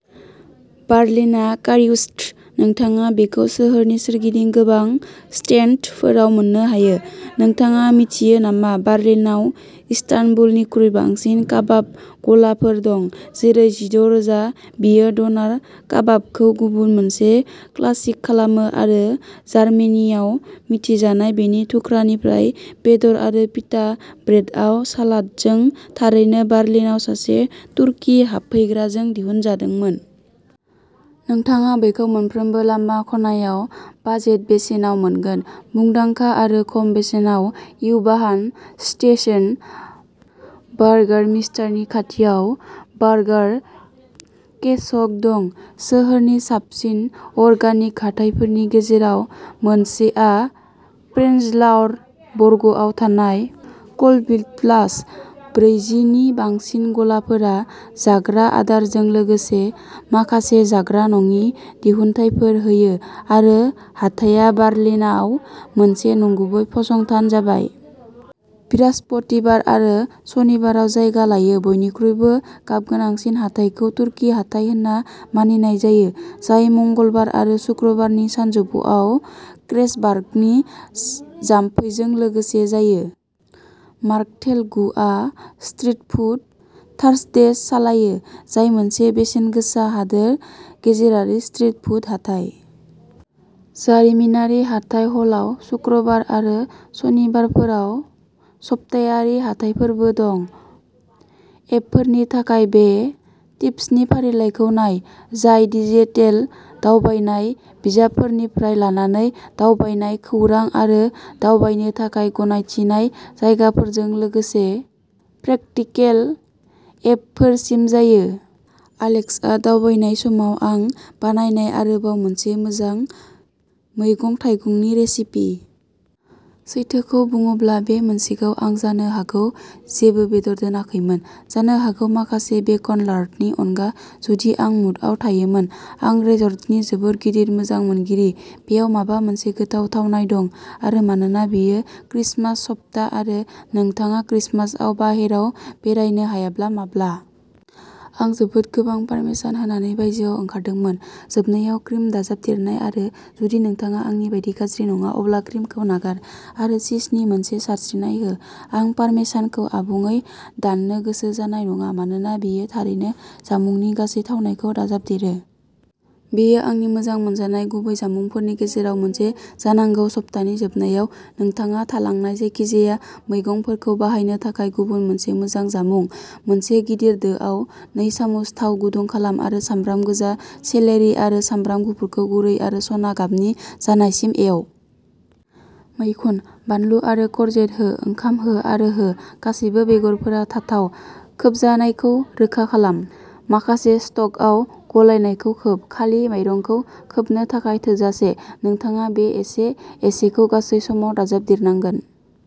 बार्लिना कारिउर्स्ट। नोंथाङा बेखौ सोहोरनि सोरगिदिं गोबां स्टेन्डफोराव मोननो हायो। नोंथाङा मिथियो नामा बार्लिनाव इस्तानबुलनिख्रुइ बांसिन काबाब गलाफोर दं जेरै जिद' रोजा। बेयो ड'नार काबाबखौ गुबुन मोनसे क्लासिक खालामो आरो जार्मानियाव मिथिजानाय बेनि थुख्रानिफ्राय बेदर आरो पिटा ब्रेडआव सालादजों, थारैनो बार्लिनाव सासे तुर्की हाबफैग्राजों दिहुनजादोंमोन। नोंथाङा बेखौ मोनफ्रोमबो लामा खनायाव बाजेट बेसेनाव मोनगोन। मुंदांखा आरो खम बेसेनाव इउ-बाहान स्टेशन, बार्गारमिस्टारनि खाथियाव बार्गार कियस्क दं। सोहोरनि साबसिन अर्गेनिक हाथाइफोरनि गेजेराव मोनसेआ प्रेनज्लाउर बर्गआव थानाय कलविटजप्लात्ज। ब्रैजि नि बांसिन गलाफोरा जाग्रा आदारजों लोगोसे माखासे जाग्रा नङि दिहुनथायफोर होयो आरो हाथाया बार्लिनाव मोनसे नंगुबै फसंथान जाबाय। बृहस्पतिबार आरो सनिबाराव जायगा लायो। बयनिख्रुइबो गाबगोनांसिन हाथाइखौ तुर्की हाथाइ होनना मानिनाय जायो, जाय मंगलबार आरो सुक्रुबारनि सानजौफुआव क्रेजबार्गनि जाम्फैजों लोगोसे जायो। मार्कथेल गु आ स्ट्रीट फुड थार्सडेस सालायो, जाय मोनसे बेसेनगोसा हादोर गेजेरारि स्ट्रीट फुड हाथाइ। जारिमिनारि हाथाइ हलाव सुक्रुबार आरो सनिबारफोराव सप्तायारि हाथायफोरबो दं। एपफोरनि थाखाय बे टिप्सनि फारिलाइखौ नाय, जाय डिजिटेल दावबायनाय बिजाबफोरनिफ्राय लानानै दावबायनाय, खौरां आरो दावबायनो थाखाय गनायथिनाय जायगाफोरजों लोगोसे प्रेकटिकल एपफोरसिम जायो। एलेक्सआ दावबायहैनाय समाव आं बानायनाय आरोबाव मोनसे मोजां मैगं-थाइगंनि रेसिपि। सैथोखौ बुंनोब्ला, बे मोनसेखौ आं जानो हागौ जेबो बेदर दोनाखैमोन। जानो हागौ माखासे बेकन लार्डननि अनगा जुदि आं मुडआव थायोमोन। आं रिस'ट'नि जोबोद गिदिर मोजां मोनगिरि, बेयाव माबा मोनसे गोथाव थावनाय दं आरो मानोना बेयो क्रिसमास सप्ता आरो नोंथाङा क्रिसमासआव बाहेरायाव बेरायनो हायाब्ला माब्ला? आं जोबोद गोबां पार्मेसान होनानै बायजोआव ओंखारदोंमोन। जोबनायाव क्रिम दाजाबदेरनाय आरो। जुदि नोंथाङा आंनि बायदि गाज्रि नङा, अब्ला क्रिमखौ नागार आरो चीजनि मोनसे सारस्रिनाय हो। आं पारमेसानखौ आबुङै दाननो गोसो जानाय नङा मानोना बेयो थारैनो जामुंनि गासै थावनायखौ दाजाबदेरो। बेयो आंनि मोजां मोनजानाय गुबै जामुंफोरनि गेजेराव मोनसे जानांगौ, सप्तानि जोबनायाव नोंथाङा थालांनाय जायखिजाया मैगंफोरखौ बाहायनो थाखाय गुबुन मोनसे मोजां जामुं। मोनसे गिदिर दोआव नै सामुस थाव गुदुं खालाम आरो सामब्राम गोजा, सेलेरि आरो सामब्राम गुफुरखौ गुरै आरो सना गाबनि जानायसिम एव। मैखुन, बानलु आरो करजेट हो। ओंखाम हो आरो हो, गासैबो बेगरफोरा थावाव खोबजानायखौ रोखा खालाम। माखासे स्टकआव गलायनायखौ खोब, खालि माइरंखौ खोबनो थाखाय थोजासे, नोंथाङा बे एसे-एसेखौ गासै समाव दाजाबदेरनांगोन।